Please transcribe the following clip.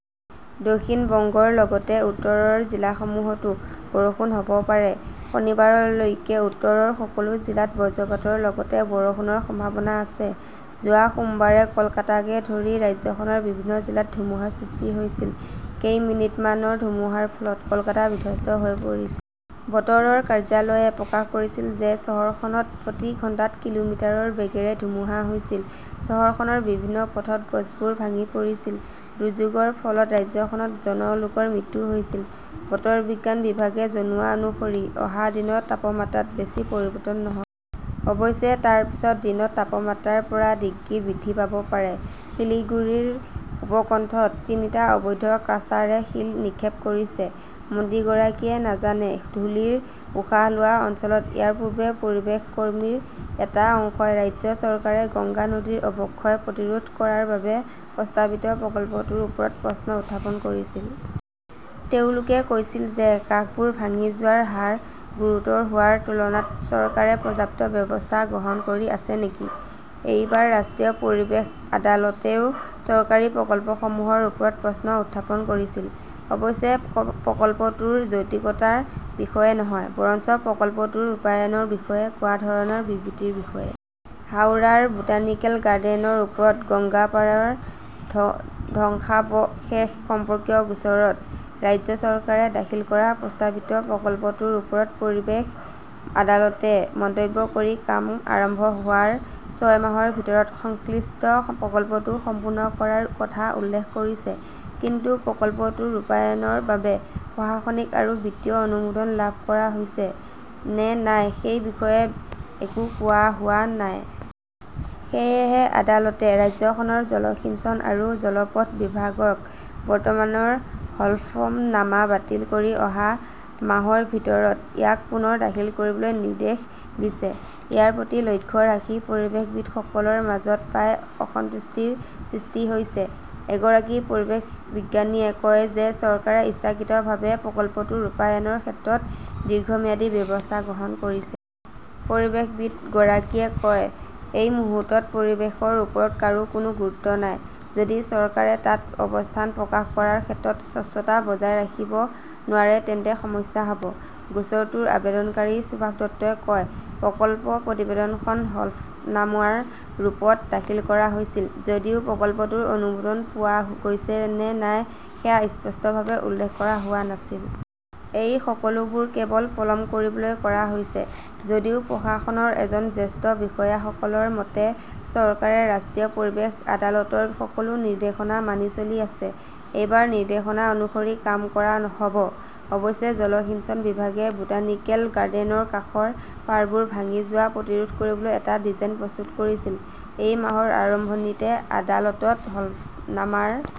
দক্ষিণ বংগৰ লগতে উত্তৰৰ জিলাসমূহতো বৰষুণ হ "ব পাৰে। শনিবাৰলৈকে উত্তৰৰ সকলো জিলাত বজ্ৰপাতৰ লগতে বৰষুণৰ সম্ভাৱনা আছে। যোৱা সোমবাৰে কলকাতাকে ধৰি ৰাজ্যখনৰ বিভিন্ন জিলাত ধুমুহাৰ সৃষ্টি হৈছিল। কেইমিনিটমানৰ ধুমুহাৰ ফলত কলকাতা বিধ্বস্ত হৈ পৰিছিল। বতৰৰ কাৰ্যালয়ে প্ৰকাশ কৰিছিল যে চহৰখনত প্ৰতি ঘণ্টাত কিলোমিটাৰ বেগেৰে ধুমুহা হৈছিল। চহৰখনৰ বিভিন্ন পথত গছবোৰ ভাঙি পৰিছিল। দুৰ্যোগৰ ফলত ৰাজ্যখনত জন লোকৰ মৃত্যু হৈছিল। বতৰ বিজ্ঞান বিভাগে জনোৱা অনুসৰি অহা দিনত তাপমাত্ৰাত বেছি পৰিৱৰ্তন নহ "ব। অৱশ্যে, তাৰ পিছত দিনত তাপমাত্ৰা ৰ পৰা ডিগ্ৰী বৃদ্ধি পাব পাৰে। শিলিগুড়িৰ উপকণ্ঠত তিনিটা 'অবৈধ ক্ৰাছাৰে "শিল নিক্ষেপ কৰিছে! মন্ত্ৰীগৰাকীয়ে নাজানে, ধূলিৰ উশাহ লোৱা অঞ্চলত ইয়াৰ পূৰ্বে পৰিৱেশ কৰ্মীৰ এটা অংশই ৰাজ্য চৰকাৰে গংগা নদীৰ অৱক্ষয় প্ৰতিৰোধ কৰাৰ বাবে প্ৰস্তাৱিত প্ৰকল্পটোৰ ওপৰত প্ৰশ্ন উত্থাপন কৰিছিল। তেওঁলোকে কৈছিল যে কাষবোৰ ভাঙি যোৱাৰ হাৰ গুৰুতৰ হোৱাৰ তুলনাত চৰকাৰে পৰ্যাপ্ত ব্যৱস্থা গ্ৰহণ কৰি আছে নেকি? এইবাৰ ৰাষ্ট্ৰীয় পৰিৱেশ আদালতেও চৰকাৰী প্ৰকল্পসমূহৰ ওপৰত প্ৰশ্ন উত্থাপন কৰিছিল। অৱশ্যে, প্ৰকল্পটোৰ যৌক্তিকতাৰ বিষয়ে নহয়, বৰঞ্চ প্ৰকল্পটোৰ ৰূপায়ণৰ বিষয়ে কোৱা ধৰণৰ বিবৃতিৰ বিষয়ে। হাউৰাৰ বোটানিকেল গাৰ্ডেনৰ ওচৰৰ গংগাপাড়ৰ ধ্বংসাৱশেষ সম্পৰ্কীয় গোচৰত ৰাজ্য চৰকাৰে দাখিল কৰা প্ৰস্তাৱিত প্ৰকল্পটোৰ ওপৰত পৰিৱেশ আদালতে মন্তব্য কৰি কাম আৰম্ভ হোৱাৰ ছয় মাহৰ ভিতৰত সংশ্লিষ্ট প্ৰকল্পটো সম্পূৰ্ণ কৰাৰ কথা উল্লেখ কৰিছে। কিন্তু প্ৰকল্পটোৰ ৰূপায়ণৰ বাবে প্ৰশাসনিক আৰু বিত্তীয় অনুমোদন লাভ কৰা হৈছে নে নাই সেই বিষয়ে একো কোৱা হোৱা নাই। সেয়েহে আদালতে ৰাজ্যখনৰ জলসিঞ্চন আৰু জলপথ বিভাগক বৰ্তমানৰ হলফনামা বাতিল কৰি অহা মাহৰ ভিতৰত ইয়াক পুনৰ দাখিল কৰিবলৈ নিৰ্দেশ দিছে। ইয়াৰ প্ৰতি লক্ষ্য ৰাখি পৰিৱেশবিদসকলৰ মাজত প্ৰায় অসন্তুষ্টিৰ সৃষ্টি হৈছে। এগৰাকী পৰিৱেশবিজ্ঞানীয়ে কয় যে চৰকাৰে ইচ্ছাকৃতভাৱে প্ৰকল্পটো ৰূপায়ণৰ ক্ষেত্ৰত দীৰ্ঘম্যাদী ব্যৱস্থা গ্ৰহণ কৰিছে। পৰিৱেশবিদগৰাকীয়ে কয়, "এই মুহূৰ্তত পৰিৱেশৰ ওপৰত কাৰো কোনো গুৰুত্ব নাই। যদি চৰকাৰে তাত অৱস্থান প্ৰকাশ কৰাৰ ক্ষেত্ৰত স্বচ্ছতা বজাই ৰাখিব নোৱাৰে তেন্তে সমস্যা হ 'ব। "গোচৰটোৰ আবেদনকাৰী সুভাষ দত্তই কয়", প্ৰকল্প প্ৰতিবেদনখন হলফনামাৰ ৰূপত দাখিল কৰা হৈছিল যদিও প্ৰকল্পটোৰ অনুমোদন পোৱা গৈছে নে নাই সেয়া স্পষ্টভাৱে উল্লেখ কৰা হোৱা নাছিল! এই সকলোবোৰ কেৱল পলম কৰিবলৈ কৰা হৈছে। "যদিও প্ৰশাসনৰ এজন জ্যেষ্ঠ বিষয়াসকলৰ মতে", চৰকাৰে ৰাষ্ট্ৰীয় পৰিৱেশ আদালতৰ সকলো নিৰ্দেশনা মানি চলি আছে। এইবাৰ নিৰ্দেশনা অনুসৰি কাম কৰা হ "ব। "অৱশ্যে, জলসিঞ্চন বিভাগে বোটানিকেল গাৰ্ডেনৰ কাষৰ পাৰবোৰ ভাঙি যোৱা প্ৰতিৰোধ কৰিবলৈ এটা ডিজাইন প্ৰস্তুত কৰিছিল। এই মাহৰ আৰম্ভণিতে আদালতত হলফনামাৰ